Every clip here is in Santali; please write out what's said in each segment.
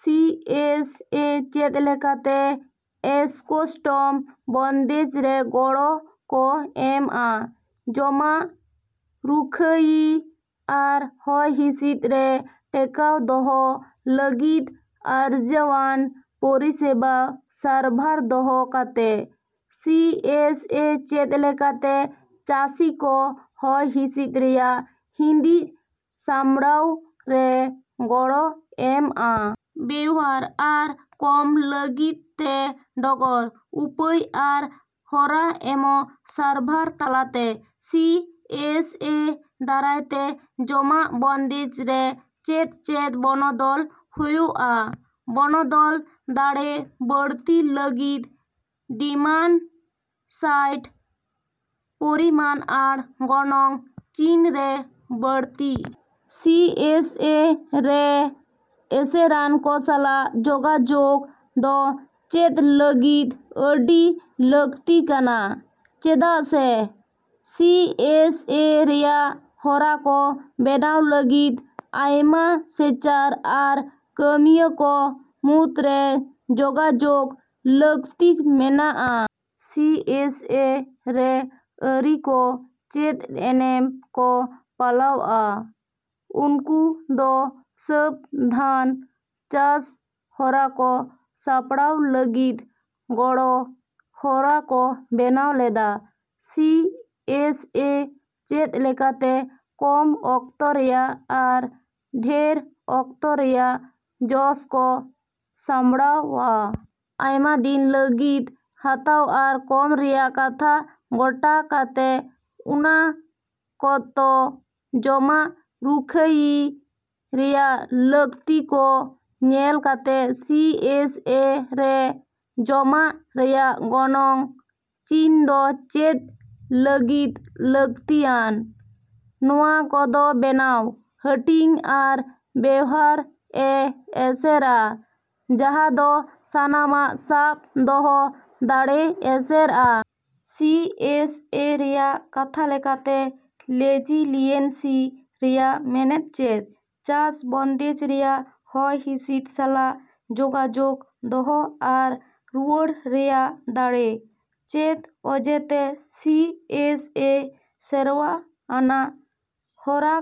ᱥᱤ ᱮᱥ ᱮ ᱪᱮᱫ ᱞᱮᱠᱟᱛᱮ ᱮᱥᱠᱳᱥᱴᱚᱢ ᱵᱚᱱᱫᱮᱡ ᱨᱮ ᱜᱚᱲᱚ ᱠᱚ ᱮᱢᱼᱟ? ᱡᱚᱢᱟᱜ ᱨᱩᱠᱷᱟᱹᱭᱤ ᱟᱨ ᱦᱚᱭ ᱦᱤᱥᱤᱫ ᱨᱮ ᱴᱮᱠᱟᱣ ᱫᱚᱦᱚ ᱞᱟᱹᱜᱤᱫ ᱟᱨᱡᱟᱹᱭᱟᱱ ᱯᱚᱨᱤᱥᱮᱵᱟ ᱥᱟᱨᱵᱷᱟᱨ ᱫᱚᱦᱚ ᱠᱟᱛᱮ᱾ ᱥᱤ ᱮᱥ ᱮ ᱪᱮᱫ ᱞᱮᱠᱟᱛᱮ ᱪᱟᱥᱤ ᱠᱚ ᱦᱚᱭ ᱦᱤᱥᱤᱫ ᱨᱮᱭᱟᱜ ᱦᱤᱫᱤᱡ ᱥᱟᱢᱲᱟᱣ ᱨᱮ ᱜᱚᱲᱚ ᱮᱢᱼᱟ? ᱵᱮᱣᱦᱟᱨ ᱟᱨ ᱠᱚᱢ ᱞᱟᱹᱜᱤᱫ ᱛᱮ ᱰᱚᱜᱚᱨ, ᱩᱯᱟᱹᱭ ᱟᱨ ᱦᱚᱨᱟ ᱮᱢᱚᱜ ᱥᱟᱨᱵᱷᱟᱨ ᱛᱟᱞᱟᱛᱮ᱾ ᱥᱤ ᱮᱥ ᱮ ᱫᱟᱨᱟᱭ ᱛᱮ ᱡᱚᱢᱟᱜ ᱵᱚᱱᱫᱮᱡ ᱨᱮ ᱪᱮᱫ ᱪᱮᱫ ᱵᱚᱱᱚᱫᱚᱞ ᱦᱳᱭᱳᱜᱼᱟ᱾ ᱵᱚᱱᱚᱫᱚᱞ ᱫᱟᱲᱮ ᱵᱟᱹᱲᱛᱤ ᱞᱟᱹᱜᱤᱫ ᱰᱤᱢᱟᱱᱼᱥᱟᱭᱰ ᱯᱚᱨᱤᱢᱟᱱ ᱟᱨ ᱜᱚᱱᱚᱝ ᱪᱤᱱ ᱨᱮ ᱵᱟᱹᱲᱛᱤ᱾ ᱥᱤ ᱮᱥ ᱮ ᱨᱮ ᱮᱥᱮᱨᱟᱱ ᱠᱚ ᱥᱟᱞᱟᱜ ᱡᱳᱜᱟᱡᱳᱜ ᱫᱚ ᱪᱮᱫ ᱞᱟᱹᱜᱤᱫ ᱟᱹᱰᱤ ᱞᱟᱹᱠᱛᱤ ᱠᱟᱱᱟ? ᱪᱮᱫᱟᱜ ᱥᱮ, ᱥᱤ ᱮᱥ ᱮ ᱨᱮᱭᱟᱜ ᱦᱚᱨᱟ ᱠᱚ ᱵᱮᱱᱟᱣ ᱞᱟᱹᱜᱤᱫ ᱟᱭᱢᱟ ᱥᱮᱪᱟᱨ ᱟᱨ ᱠᱟᱹᱢᱤᱭᱟᱹ ᱠᱚ ᱢᱩᱫᱨᱮ ᱡᱳᱜᱟᱡᱳᱜ ᱞᱟᱹᱠᱛᱤ ᱢᱮᱱᱟᱜᱼᱟ᱾ ᱥᱤ ᱮᱥ ᱮ ᱨᱮ ᱟᱹᱨᱤ ᱠᱚ ᱪᱮᱫ ᱮᱱᱮᱢ ᱠᱚ ᱯᱟᱞᱟᱣᱼᱟ? ᱩᱱᱠᱩ ᱫᱚ ᱥᱟᱹᱵᱫᱷᱟᱱ ᱪᱟᱥ ᱦᱚᱨᱟ ᱠᱚ ᱥᱟᱯᱲᱟᱣ ᱞᱟᱹᱜᱤᱫ ᱜᱚᱲᱚ ᱦᱚᱨᱟ ᱠᱚ ᱵᱮᱱᱟᱣ ᱞᱮᱫᱟ᱾ ᱥᱤᱹ ᱮᱥ ᱮᱹ ᱪᱮᱫ ᱞᱮᱠᱟᱛᱮ ᱠᱚᱢ ᱚᱠᱛᱚ ᱨᱮᱭᱟᱜ ᱟᱨ ᱰᱷᱮᱨ ᱚᱠᱛᱚ ᱨᱮᱭᱟᱜ ᱡᱚᱥ ᱠᱚ ᱥᱟᱢᱵᱲᱟᱣᱼᱟ? ᱟᱭᱢᱟ ᱫᱤᱱ ᱞᱟᱹᱜᱤᱫ ᱦᱟᱛᱟᱣ ᱟᱨ ᱠᱚᱢ ᱨᱮᱭᱟᱜ ᱠᱟᱛᱷᱟ ᱜᱚᱴᱟ ᱠᱟᱛᱮ ᱩᱱᱟ ᱠᱚᱛᱚ ᱡᱚᱢᱟᱜ ᱨᱩᱠᱷᱟᱹᱭᱤ ᱨᱮᱭᱟᱜ ᱞᱟᱹᱠᱛᱤ ᱠᱚ ᱧᱮᱞ ᱠᱟᱛᱮ᱾ ᱥᱤ ᱮᱥ ᱮ ᱨᱮ ᱡᱚᱢᱟᱜ ᱨᱮᱭᱟᱜ ᱜᱚᱱᱚᱝ ᱪᱤᱱ ᱫᱚ ᱪᱮᱫ ᱞᱟᱹᱜᱤᱫ ᱞᱟᱹᱠᱛᱤᱭᱟᱱ? ᱱᱚᱶᱟ ᱠᱚᱫᱚ ᱵᱮᱱᱟᱣ, ᱦᱟᱹᱴᱤᱧ ᱟᱨ ᱵᱮᱣᱦᱟᱨ ᱮ ᱮᱥᱮᱨᱼᱟ, ᱡᱟᱦᱟᱸ ᱫᱚ ᱥᱟᱱᱟᱢᱟᱜ ᱥᱟᱵ ᱫᱚᱦᱚ ᱫᱟᱲᱮᱭ ᱮᱥᱮᱨᱼᱟ᱾ ᱥᱤ ᱮᱥ ᱮ ᱨᱮᱭᱟᱜ ᱠᱟᱛᱷᱟ ᱞᱮᱠᱟᱛᱮ ᱞᱮᱡᱤᱞᱤᱭᱮᱱᱥᱤ ᱨᱮᱭᱟᱜ ᱢᱮᱱᱮᱫ ᱪᱮᱫ? ᱪᱟᱥ ᱵᱚᱱᱫᱮᱡ ᱨᱮᱭᱟᱜ ᱦᱚᱭ ᱦᱤᱥᱤᱫ ᱥᱟᱞᱟᱜ ᱡᱳᱜᱟᱡᱳᱜ ᱫᱚᱦᱚ ᱟᱨ ᱨᱩᱣᱟᱹᱲ ᱨᱮᱭᱟᱜ ᱫᱟᱲᱮ᱾ ᱪᱮᱫ ᱚᱡᱮ ᱛᱮ ᱥᱤ ᱮᱥ ᱮ ᱥᱮᱨᱣᱟ ᱟᱱᱟᱜ ᱦᱚᱨᱟ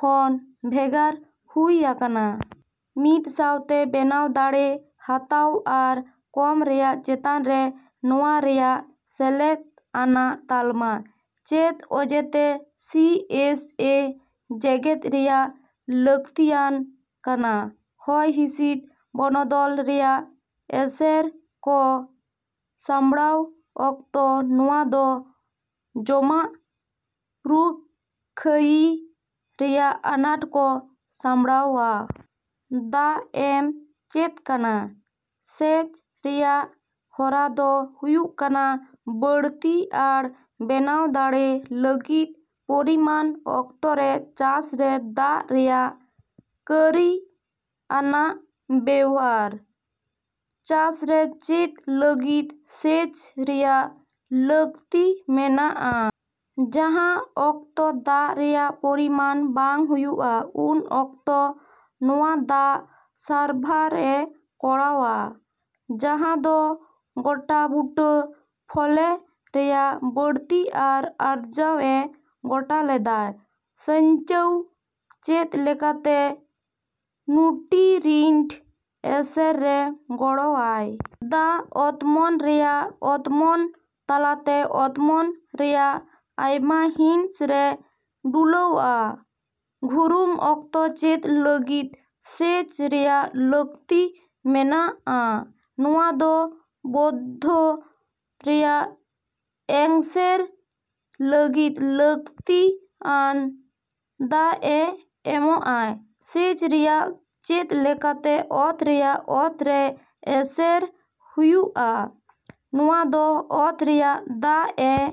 ᱠᱷᱚᱱ ᱵᱷᱮᱜᱟᱨ ᱦᱩᱭ ᱟᱠᱟᱱᱟ? ᱢᱤᱫ ᱥᱟᱶᱛᱮ ᱵᱮᱱᱟᱣ ᱫᱟᱲᱮ, ᱦᱟᱛᱟᱣ ᱟᱨ ᱠᱚᱢ ᱨᱮᱭᱟᱜ ᱪᱮᱛᱟᱱ ᱨᱮ ᱱᱚᱶᱟ ᱨᱮᱭᱟᱜ ᱥᱮᱞᱮᱫ ᱟᱱᱟᱜ ᱛᱟᱞᱢᱟ᱾ ᱪᱮᱫ ᱚᱡᱮᱛᱮ ᱥᱤ ᱮᱥ ᱮ ᱡᱮᱜᱮᱫ ᱨᱮᱭᱟᱜ ᱞᱟᱹᱠᱛᱤᱭᱟᱱ ᱠᱟᱱᱟ? ᱦᱚᱭ ᱦᱤᱥᱤᱫ ᱵᱚᱱᱚᱫᱚᱞ ᱨᱮᱭᱟᱜ ᱮᱥᱮᱨ ᱠᱚ ᱥᱟᱢᱲᱟᱶ ᱚᱠᱛᱚ ᱱᱚᱶᱟ ᱫᱚ ᱡᱚᱢᱟᱜ ᱨᱩᱠᱷᱟᱹᱭᱤ ᱨᱮᱭᱟᱜ ᱟᱱᱟᱴ ᱠᱚ ᱥᱟᱢᱲᱟᱶᱼᱟ᱾ ᱫᱟᱜ ᱮᱢ ᱪᱮᱫ ᱠᱟᱱᱟ? ᱥᱮᱪ ᱨᱮᱭᱟᱜ ᱦᱚᱨᱟ ᱫᱚ ᱦᱩᱭᱩᱜ ᱠᱟᱱᱟ ᱵᱟᱹᱲᱛᱤ ᱟᱨ ᱵᱮᱱᱟᱣ ᱫᱟᱲᱮ ᱞᱟᱹᱜᱤᱫ ᱯᱚᱨᱤᱢᱟᱱ ᱚᱠᱛᱮ ᱨᱮ ᱪᱟᱥ ᱨᱮ ᱫᱟᱜ ᱨᱮᱭᱟᱜ ᱠᱟᱹᱨᱤ ᱟᱱᱟᱜ ᱵᱮᱣᱦᱟᱨ᱾ ᱪᱟᱥ ᱨᱮ ᱪᱮᱫ ᱞᱟᱹᱜᱤᱫ ᱥᱮᱪ ᱨᱮᱭᱟᱜ ᱞᱟᱹᱠᱛᱤ ᱢᱮᱱᱟᱜᱼᱟ? ᱡᱟᱦᱟᱸ ᱚᱠᱛᱚ ᱫᱟᱜ ᱨᱮᱭᱟᱜ ᱯᱚᱨᱤᱢᱟᱱ ᱵᱟᱝ ᱦᱚᱭᱩᱜ ᱟ, ᱩᱱ ᱚᱠᱛᱚ ᱱᱚᱶᱟ ᱫᱟᱜ ᱥᱟᱨᱵᱷᱟᱨ ᱮ ᱠᱚᱨᱟᱣᱼᱟ, ᱡᱟᱦᱟᱸ ᱫᱚ ᱜᱚᱴᱟᱵᱩᱴᱟᱹ ᱯᱷᱚᱞᱮ ᱨᱮᱭᱟᱜ ᱵᱟᱹᱲᱛᱤ ᱟᱨ ᱟᱨᱡᱟᱣ ᱮ ᱜᱚᱴᱟ ᱞᱮᱫᱟ᱾ ᱥᱟᱧᱪᱟᱣ ᱪᱮᱫ ᱞᱮᱠᱟᱛᱮ ᱱᱩᱴᱤᱨᱤᱱᱴ ᱮᱥᱮᱨ ᱨᱮ ᱜᱚᱲᱚ ᱟᱭ᱾ ᱫᱟᱜ ᱚᱛᱢᱚᱱ ᱨᱮᱭᱟᱜ ᱚᱛᱢᱚᱱ ᱛᱟᱞᱟᱛᱮ ᱚᱛᱢᱚᱱ ᱨᱮᱭᱟᱜ ᱟᱭᱢᱟ ᱦᱤᱸᱥ ᱨᱮ ᱰᱩᱞᱟᱣᱼᱟ᱾ ᱜᱷᱩᱨᱩᱢ ᱚᱠᱛᱚ ᱪᱮᱫ ᱞᱟᱹᱜᱤᱫ ᱥᱮᱪ ᱨᱮᱭᱟᱜ ᱞᱟᱹᱠᱛᱤ ᱢᱮᱱᱟᱜᱼᱟ? ᱱᱚᱶᱟ ᱫᱚ ᱵᱳᱫᱽᱫᱷ ᱨᱮᱭᱟᱜ ᱮᱝᱥᱮᱨ ᱞᱟᱹᱜᱤᱫ ᱞᱟᱹᱠᱛᱤ ᱟᱱ ᱫᱟᱜ ᱮ ᱮᱢᱚᱜᱼᱟ᱾ ᱥᱮᱪ ᱨᱮᱭᱟᱜ ᱪᱮᱫ ᱞᱮᱠᱟᱛᱮ ᱚᱛ ᱨᱮᱭᱟᱜ ᱚᱛ ᱨᱮ ᱮᱥᱮᱨ ᱦᱩᱭᱩᱜᱼᱟ? ᱱᱚᱶᱟ ᱫᱚ ᱚᱛ ᱨᱮᱭᱟᱜ ᱫᱟᱜ ᱮ